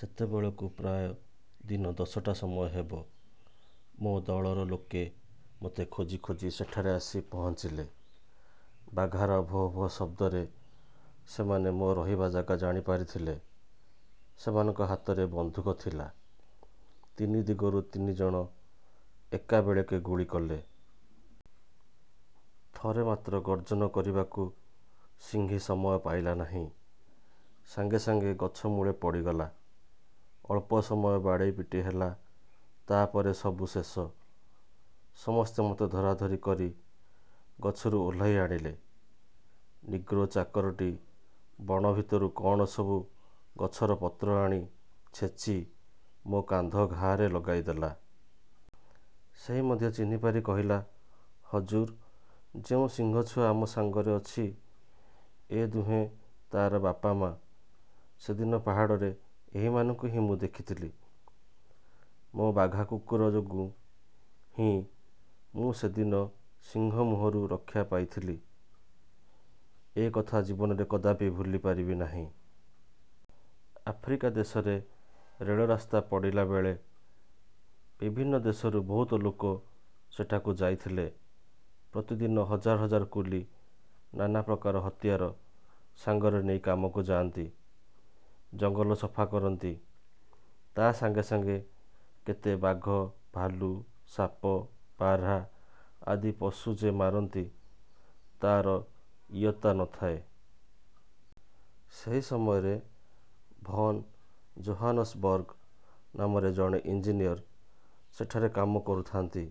ସେତେବେଳକୁ ପ୍ରାୟ ଦିନ ଦଶଟା ସମୟ ହେବ। ମୋ ଦଳର ଲୋକେ ମୋତେ ଖୋଜି ଖୋଜି ସେଠାରେ ଆସି ପହଞ୍ଚିଲେ। ବାଘାର ଭୋ ଭୋ ଶବ୍ଦରେ ସେମାନେ ମୋ ରହିବା ଜାଗା ଜାଣିପାରିଥିଲେ। ସେମାନଙ୍କ ହାତରେ ବନ୍ଧୁକ ଥିଲା। ତିନି ଦିଗରୁ ତିନି ଜଣ ଏକାବେଳେକେ ଗୁଳି କଲେ। ଥରେ ମାତ୍ର ଗର୍ଜନ କରିବାକୁ ସିଂହୀ ସମୟ ପାଇଲା ନାହିଁ। ସାଙ୍ଗେ ସାଙ୍ଗେ ଗଛମୂଳେ ପଡ଼ିଗଲା। ଅଳ୍ପ ସମୟ ବାଡ଼େଇପିଟି ହେଲା, ତା'ପରେ ସବୁ ଶେଷ। ସମସ୍ତେ ମୋତେ ଧରାଧରି କରି। ଗଛରୁ ଓହ୍ଲାଇ ଆଣିଲେ। ନିଗ୍ରୋ ଚାକରଟି ବଣ ଭିତରୁ କଅଣ ସବୁ ଗଛର ପତ୍ର ଆଣି ଛେଚି ମୋ କାନ୍ଧ ଘାଆରେ ଲଗାଇଦେଲା। ସେହି ମଧ୍ୟ ଚିହ୍ନିପାରି କହିଲା, ''ହଜୁର, ଯେଉଁ ସିଂହଛୁଆ ଆମ ସାଙ୍ଗରେ ଅଛି, ଏ ଦୁହେଁ ତା'ର ବାପ ମା। ସେଦିନ ପାହାଡ଼ରେ ଏହିମାନଙ୍କୁ ହିଁ ମୁଁ ଦେଖିଥିଲି। '' ମୋ ବାଘା କୁକୁର ଯୋଗୁଁ ହିଁ ମୁଁ ସେ ଦିନ ସିଂହମୁହଁରୁ ରକ୍ଷା ପାଇଥିଲି-ଏକଥା ଜୀବନରେ କଦାପି ଭୁଲିପାରିବି ନାହିଁ। ଆଫ୍ରିକା ଦେଶରେ ରେଳ ରାସ୍ତା ପଡ଼ିଲାବେଳେ ବିଭିନ୍ନ ଦେଶରୁ ବହୁତ ଲୋକ ସେଠାକୁ ଯାଇଥିଲେ। ପ୍ରତିଦିନ ହଜାର ହଜାର କୁଲି ନାନାପ୍ରକାର ହତିଆର ସାଙ୍ଗରେ ନେଇ କାମକୁ ଯାଆନ୍ତି। ଜଙ୍ଗଲ ସଫା କରନ୍ତି। ତା' ସାଙ୍ଗେସାଙ୍ଗେ କେତେ ବାଘ, ଭାଲୁ, ସାପ, ବାର୍ହା ଆଦି ପଶୁ ଯେ ମାରନ୍ତି, ତା'ର ଇୟତ୍ତା ନ ଥାଏ। ସେହି ସମୟରେ ଭନ୍ ଜୋହାନସବର୍ଗ ନାମରେ ଜଣେ ଇଞ୍ଜିନିୟର ସେଠାରେ କାମ କରୁଥାନ୍ତି।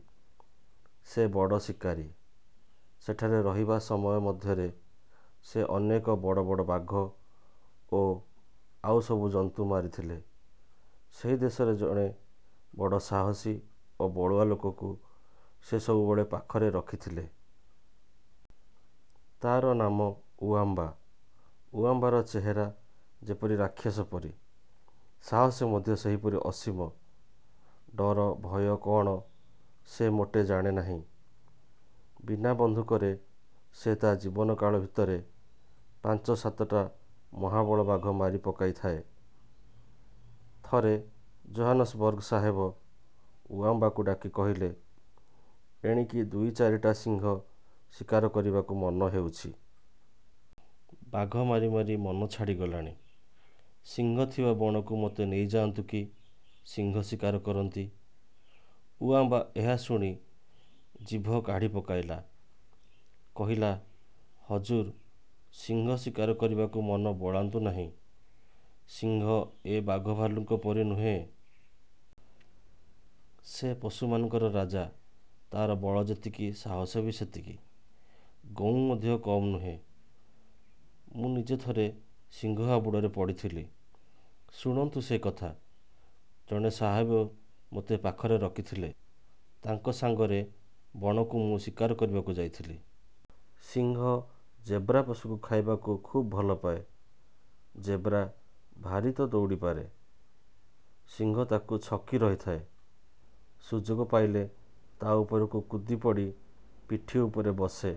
ସେ ବଡ଼ ଶିକାରୀ। ସେଠାରେ ରହିବା ସମୟ ମଧ୍ୟରେ ସେ ଅନେକ ବଡ଼ ବଡ଼ ବାଘ ଓ ଆଉ ସବୁ ଜନ୍ତୁ ମାରିଥିଲେ। ସେହି ଦେଶର ଜଣେ ବଡ଼ ସାହସୀ ଓ ବଳୁଆ ଲୋକକୁ ସେ ସବୁବେଳେ ପାଖରେ ରଖିଥିଲେ। ତା'ର ନାମ ଉଆମ୍ବା। ଉଆମ୍ବାର ଚେହେରା ଯେପରି ରାକ୍ଷସ ପରି, ସାହସ ମଧ୍ୟ ସେହିପରି ଅସୀମ। ଡର ଭୟ କଅଣ, ସେ ମୋଟେ ଜାଣେ ନାହିଁ। ବିନା ବନ୍ଧୁକରେ ସେ ତା' ଜୀବନ କାଳ ଭିତରେ ପାଞ୍ଚ ସାତଟା ମହାବଳ ବାଘ ମାରି ପକାଇଥାଏ। ଥରେ ଜୋହାନସବର୍ଗ ସାହେବ ଉଆମ୍ବାକୁ ଡାକି କହିଲେ, "ଏଣିକି ଦୁଇ ଚାରିଟା ସିଂହ ଶିକାର କରିବାକୁ ମନ ହେଉଛି। ବାଘ ମାରି ମାରି ମନ ଛାଡ଼ିଗଲାଣି। ସିଂହ ଥିବା ବଣକୁ ମୋତେ ନେଇଯାଆନ୍ତୁ କି, ସିଂହ ଶିକାର କରନ୍ତି। ଉଆମ୍ବା ଏହା ଶୁଣି ଜିଭ କାଢ଼ି ପକାଇଲା। କହିଲା, "ହଜୁର ସିଂହ ଶିକାର କରିବାକୁ ମନ ବଳାନ୍ତୁ ନାହିଁ। ସିଂହ ଏ ବାଘ ଭାଲୁଙ୍କ ପରି ନୁହେଁ। ସେ ପଶୁମାନଙ୍କ ରାଜା; ତା'ର ବଳ ଯେତିକି, ସାହସ ବି ସେତିକି; ଗଉଁ ମଧ୍ୟ କମ୍ ନୁହେଁ। ମୁଁ ନିଜେ ଥରେ ସିଂହ ହାବୁଡ଼ରେ ପଡ଼ିଥିଲି-। ଶୁଣନ୍ତୁ ସେ କଥା ଜଣେ ସାହେବ ମୋତେ ପାଖରେ ରଖିଥିଲେ। ତାଙ୍କ ସାଙ୍ଗରେ ବଣକୁ ମୁଁ ଶିକାର କରିବାକୁ ଯାଇଥିଲି। ସିଂହ ଜେବ୍ରା ପଶୁକୁ ଖାଇବାକୁ ଖୁବ ଭଲପାଏ। ଜେବ୍ରା ଭାରି ତ ଦଉଡ଼ିପାରେ। ସିଂହ ତାକୁ ଛକି ରହିଥାଏ। ସୁଯୋଗ ପାଇଲେ ତା' ଉପରକୁ କୁଦିପଡ଼ି ପିଠି ଉପରେ ବସେ।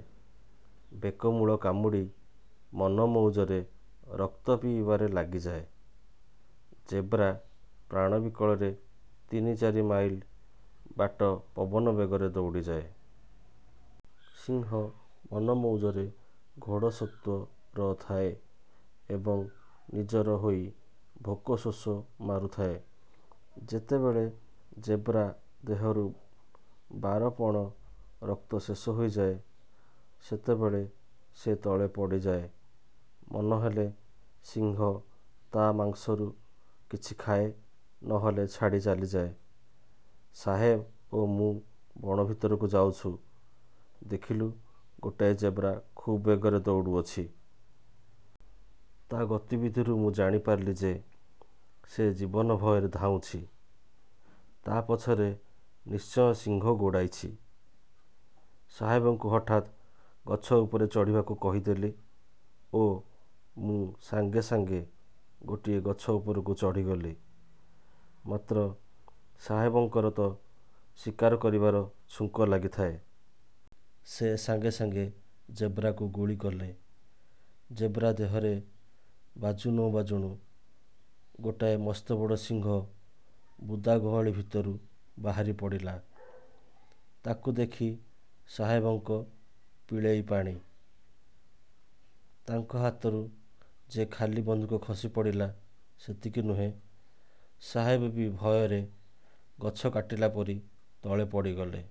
ବେକମୂଳ କାମୁଡ଼ି ମନମଉଜରେ ରକ୍ତ ପିଇବାରେ ଲାଗିଯାଏ। ଜେବ୍ରା ପ୍ରାଣବିକଳରେ ତିନି ଚାରି ମାଇଲ ବାଟ ପବନ ବେଗରେ ଦଉଡ଼ିଯାଏ। ସିଂହ ମନମଉଜରେ 'ଘୋଡସୱ। ର' ଥାଏ ଏବଂ ନିଜର ହୋଇ ଭୋକ ଶୋଷ ମାରୁଥାଏ। ଯେତେବେଳେ ଜେବ୍ରା ଦେହରୁ ବାରପଣ ରକ୍ତ ଶେଷ ହୋଇଯାଏ; ସେତେବେଳେ ସେ ତଳେ ପଡ଼ିଯାଏ। ମନ ହେଲେ ସିଂହ ତା' ମାଂସରୁ କିଛି ଖାଏ, ନହେଲେ ଛାଡ଼ି ଚାଲିଯାଏ। ସାହେବ ଓ ମୁଁ ବଣ ଭିତରେ ଯାଉଛୁ, ଦେଖିଲୁ ଗୋଟାଏ ଜେବ୍ରା ଖୁବ୍ ବେଗରେ ଦଉଡ଼ୁଛି। ତା' ଗତିବିଧିରୁ ମୁଁ ଜାଣିପାରିଲି ଯେ, ସେ ଜୀବନ ଭୟରେ ଧାଉଁଛି। ତା' ପଛରେ ନିଶ୍ଚୟ ସିଂହ ଗୋଡ଼ାଇଛି। ସାହେବଙ୍କୁ ହଠାତ୍ ଗଛ ଉପରେ ଚଢ଼ିଯିବାକୁ କହିଦେଲି ଓ ମୁଁ ସାଙ୍ଗେ ସାଙ୍ଗେ ଗୋଟିଏ ଗଛ ଉପରକୁ ଚଢ଼ିଗଲି। ମାତ୍ର ସାହେବଙ୍କର ତ ଶିକାର କରିବା ଝୁଙ୍କ ଲାଗିଥାଏ-। ସେ ସାଙ୍ଗେ ସାଙ୍ଗେ ଜେବ୍ରାକୁ ଗୁଳି କଲେ। ଜେବ୍ରା ଦେହରେ ବାଜୁ ନ ବାଜୁଣୁ ଗୋଟାଏ ମସ୍ତବଡ଼ ସିଂହ ବୁଦା ଗହଳି ଭିତରୁ ବାହାରିପଡ଼ିଲା। ତାକୁ ଦେଖି ସାହେବଙ୍କ ପିଳେହି ପାଣି-। ତାଙ୍କ ହାତରୁ ଯେ ଖାଲି ବନ୍ଧୁକ ଖସିପଡ଼ିଲା, ସେତିକି ନୁହେଁ; ସାହେବ ବି ଭୟରେ ଗଛ କାଟିଲା ପରି ତଳେ ପଡ଼ିଗଲେ।